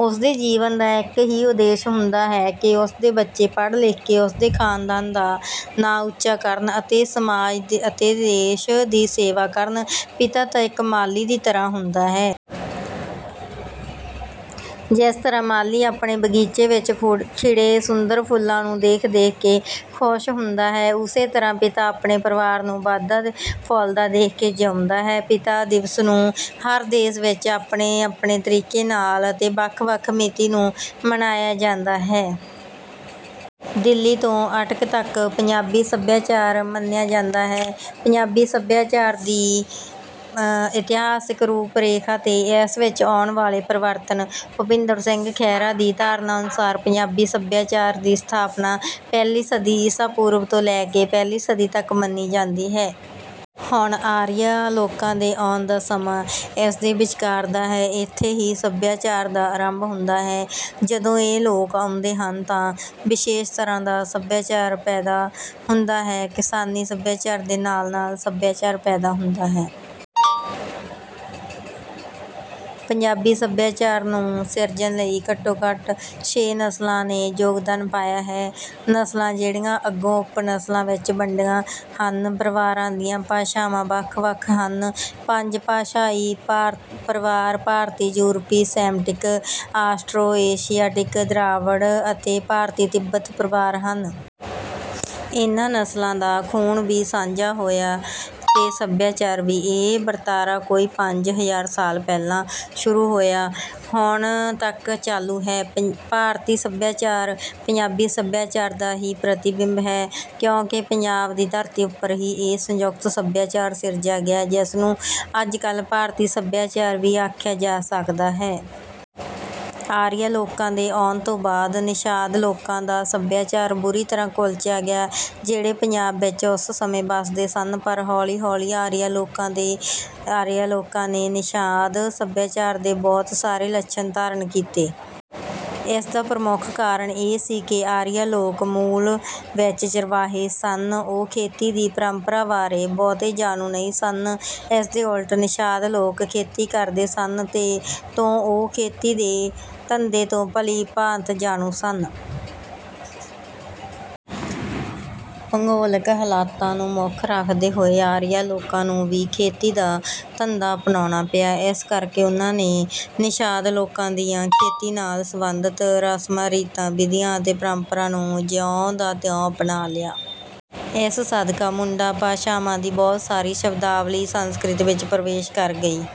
ਉਸ ਦੇ ਜੀਵਨ ਦਾ ਇੱਕ ਹੀ ਉਦੇਸ਼ ਹੁੰਦਾ ਹੈ ਕਿ ਉਸ ਦੇ ਬੱਚੇ ਪੜ੍ਹ ਲਿਖ ਕੇ ਉਸ ਦੇ ਖਾਨਦਾਨ ਦਾ ਨਾਂ ਉੱਚਾ ਕਰਨ ਅਤੇ ਸਮਾਜ ਅਤੇ ਦੇਸ਼ ਦੀ ਸੇਵਾ ਕਰਨ। ਪਿਤਾ ਤਾਂ ਇੱਕ ਮਾਲੀ ਦੀ ਤਰ੍ਹਾਂ ਹੁੰਦਾ ਹੈ। ਜਿਸ ਤਰ੍ਹਾਂ ਮਾਲੀ ਆਪਣੇ ਬਗੀਚੇ ਵਿੱਚ ਖਿੜੇ ਸੁੰਦਰ ਫੁੱਲਾਂ ਨੂੰ ਦੇਖ ਦੇਖ ਕੇ ਖੁਸ਼ ਹੁੰਦਾ ਹੈ ਉਸੇ ਤਰ੍ਹਾਂ ਪਿਤਾ ਆਪਣੇ ਪਰਿਵਾਰ ਨੂੰ ਵਧਦਾ ਫੁੱਲਦਾ ਦੇਖ ਕੇ ਜਿਉਂਦਾ ਹੈ। ਪਿਤਾ ਦਿਵਸ ਨੂੰ ਹਰ ਦੇਸ਼ ਵਿੱਚ ਆਪਣੇ ਆਪਣੇ ਤਰੀਕੇ ਨਾਲ ਅਤੇ ਵੱਖ ਵੱਖ ਮਿਤੀ ਨੂੰ ਮਨਾਇਆ ਜਾਂਦਾ ਹੈ। ਦਿੱਲੀ ਤੋਂ ਅਟਕ ਤੱਕ ਪੰਜਾਬੀ ਸੱਭਿਆਚਾਰ ਮੰਨਿਆ ਜਾਂਦਾ ਹੈ। ਪੰਜਾਬੀ ਸੱਭਿਆਚਾਰ ਦੀ ਇਤਿਹਾਸਕ ਰੂਪ ਰੇਖਾ ਤੇ ਇਸ ਵਿੱਚ ਆਉਣ ਵਾਲੇ ਪਰਿਵਰਤਨ। ਭੁਪਿੰਦਰ ਸਿੰਘ ਖਹਿਰਾ ਦੀ ਧਾਰਨਾ ਅਨੁਸਾਰ ਪੰਜਾਬੀ ਸੱਭਿਆਚਾਰ ਦੀ ਸਥਾਪਨਾ ਪਹਿਲੀ ਸਦੀ ਈਸਾ ਪੂਰਵ ਤੋਂ ਲੈ ਕੇ ਪਹਿਲੀ ਸਦੀ ਤੱਕ ਮੰਨੀ ਜਾਂਦੀ ਹੈ। ਹੁਣ ਆਰੀਆ ਲੋਕਾਂ ਦੇ ਆਉਣ ਦਾ ਸਮਾਂ ਇਸਦੇ ਵਿਚਕਾਰ ਦਾ ਹੈ। ਇੱਥੇ ਹੀ ਸੱਭਿਆਚਾਰ ਦਾ ਆਰੰਭ ਹੁੰਦਾ ਹੈ। ਜਦੋਂ ਇਹ ਲੋਕ ਇੱਥੇ ਆਉਂਦੇ ਹਨ ਤਾਂ ਵਿਸ਼ੇਸ਼ ਤਰ੍ਹਾਂ ਦਾ ਸੱਭਿਆਚਾਰ ਪੈਦਾ ਹੁੰਦਾ ਹੈ। ਕਿਸਾਨੀ ਸੱਭਿਆਚਾਰ ਦੇ ਨਾਲ ਨਾਲ ਸੱਭਿਆਚਾਰ ਪੈਦਾ ਹੁੰਦਾ ਹੈ। ਪੰਜਾਬੀ ਸੱਭਿਆਚਾਰ ਨੂੰ ਸਿਰਜਣ ਲਈ ਘੱਟੋ ਘੱਟ ਛੇ ਨਸਲਾਂ ਨੇ ਯੋਗਦਾਨ ਪਾਇਆ ਹੈ। ਨਸਲਾਂ ਜਿਹੜੀਆਂ ਅੱਗੋਂ ਉਪ ਨਸਲਾਂ ਵਿੱਚ ਵੰਡੀਆਂ ਹਨ। ਪਰਿਵਾਰਾਂ ਦੀਆਂ ਭਾਸ਼ਾਵਾਂ ਵੱਖ ਵੱਖ ਹਨ। ਪੰਜ ਭਾਸ਼ਾਈ ਪਰਿਵਾਰ ਭਾਰਤੀ ਯੂਰਪੀ ਸੈਮਟਿਕ ਆਸਟਰੋ ਏਸ਼ੀਆਟਿਕ ਦਰਾਵੜ ਅਤੇ ਭਾਰਤੀ ਤਿੱਬਤ ਪਰਿਵਾਰ ਹਨ। ਇਹਨਾਂ ਨਸਲਾਂ ਦਾ ਖੂਨ ਵੀ ਸਾਂਝਾ ਹੋਇਆ ਤੇ ਸੱਭਿਆਚਾਰ ਵੀ। ਇਹ ਵਰਤਾਰਾ ਕੋਈ ਪੰਜ ਹਜ਼ਾਰ ਸਾਲ ਪਹਿਲਾਂ ਸ਼ੁਰੂ ਹੋਇਆ ਹੁਣ ਤੱਕ ਚਾਲੂ ਹੈ। ਭਾਰਤੀ ਸੱਭਿਆਚਾਰ ਪੰਜਾਬੀ ਸੱਭਿਆਚਾਰ ਦਾ ਹੀ ਪ੍ਰਤੀਬਿੰਬ ਹੈ ਕਿਉਂਕਿ ਪੰਜਾਬ ਦੀ ਧਰਤੀ ਉੱਪਰ ਹੀ ਇਹ ਸੰਯੁਕਤ ਸੱਭਿਆਚਾਰ ਸਿਰਜਿਆ ਗਿਆ ਜਿਸਨੂੰ ਅੱਜ ਕੱਲ ਭਾਰਤੀ ਸੱਭਿਆਚਾਰ ਵੀ ਆਖਿਆ ਜਾ ਸਕਦਾ ਹੈ। ਆਰੀਆ ਲੋਕਾਂ ਦੇ ਆਉਣ ਤੋਂ ਬਾਅਦ ਨਿਸ਼ਾਦ ਲੋਕਾਂ ਦਾ ਸੱਭਿਆਚਾਰ ਬੁਰੀ ਤਰ੍ਹਾਂ ਕੁਚਲਿਆ ਗਿਆ। ਜਿਹੜੇ ਪੰਜਾਬ ਵਿੱਚ ਉਸ ਸਮੇਂ ਵਸਦੇ ਸਨ ਪਰ ਹੌਲੀ ਹੌਲੀ ਆਰੀਆ ਲੋਕਾਂ ਨੇ ਨਿਸ਼ਾਦ ਸੱਭਿਆਚਾਰ ਦੇ ਬਹੁਤ ਸਾਰੇ ਲੱਛਣ ਧਾਰਨ ਕੀਤੇ। ਇਸਦਾ ਪ੍ਰਮੁੱਖ ਕਾਰਨ ਇਹ ਸੀ ਕਿ ਆਰੀਆ ਲੋਕ ਮੂਲ ਵਿੱਚ ਚਰਵਾਹੇ ਸਨ। ਉਹ ਖੇਤੀ ਦੀ ਪਰੰਪਰਾ ਬਾਰੇ ਬਹੁਤੇ ਜਾਣੂ ਨਹੀਂ ਸਨ। ਇਸਦੇ ਉਲਟ ਨਿਸ਼ਾਦ ਲੋਕ ਖੇਤੀ ਕਰਦੇ ਸਨ ਤੋਂ ਉਹ ਖੇਤੀ ਦੇ ਧੰਦੇ ਤੋਂ ਭਲੀ ਭਾਂਤ ਜਾਣੂ ਸਨ। ਭੂਗੋਲਿਕ ਹਾਲਤਾਂ ਨੂੰ ਮੁੱਖ ਰੱਖਦੇ ਹੋਏ ਆਰੀਆਂ ਲੋਕਾਂ ਨੂੰ ਵੀ ਖੇਤੀ ਦਾ ਧੰਦਾ ਅਪਣਾਉਣਾ ਪਿਆ। ਇਸ ਕਰਕੇ ਉਨ੍ਹਾਂ ਨੇ ਨਿਸ਼ਾਦ ਲੋਕਾਂ ਦੀਆਂ ਖੇਤੀ ਨਾਲ ਸਬੰਧਿਤ ਰਸਮਾਂ ਰੀਤਾਂ ਵਿਧੀਆਂ ਅਤੇ ਪਰੰਪਰਾਵਾਂ ਨੂੰ ਜਿਉਂ ਦਾ ਤਿਉਂ ਅਪਣਾ ਲਿਆ। ਇਸ ਸਦਕਾ ਮੁੰਡਾ ਭਾਸ਼ਾਵਾਂ ਦੀ ਬਹੁਤ ਸਾਰੀ ਸ਼ਬਦਾਵਲੀ ਸੰਸਕ੍ਰਿਤ ਵਿੱਚ ਪ੍ਰਵੇਸ਼ ਕਰ ਗਈ।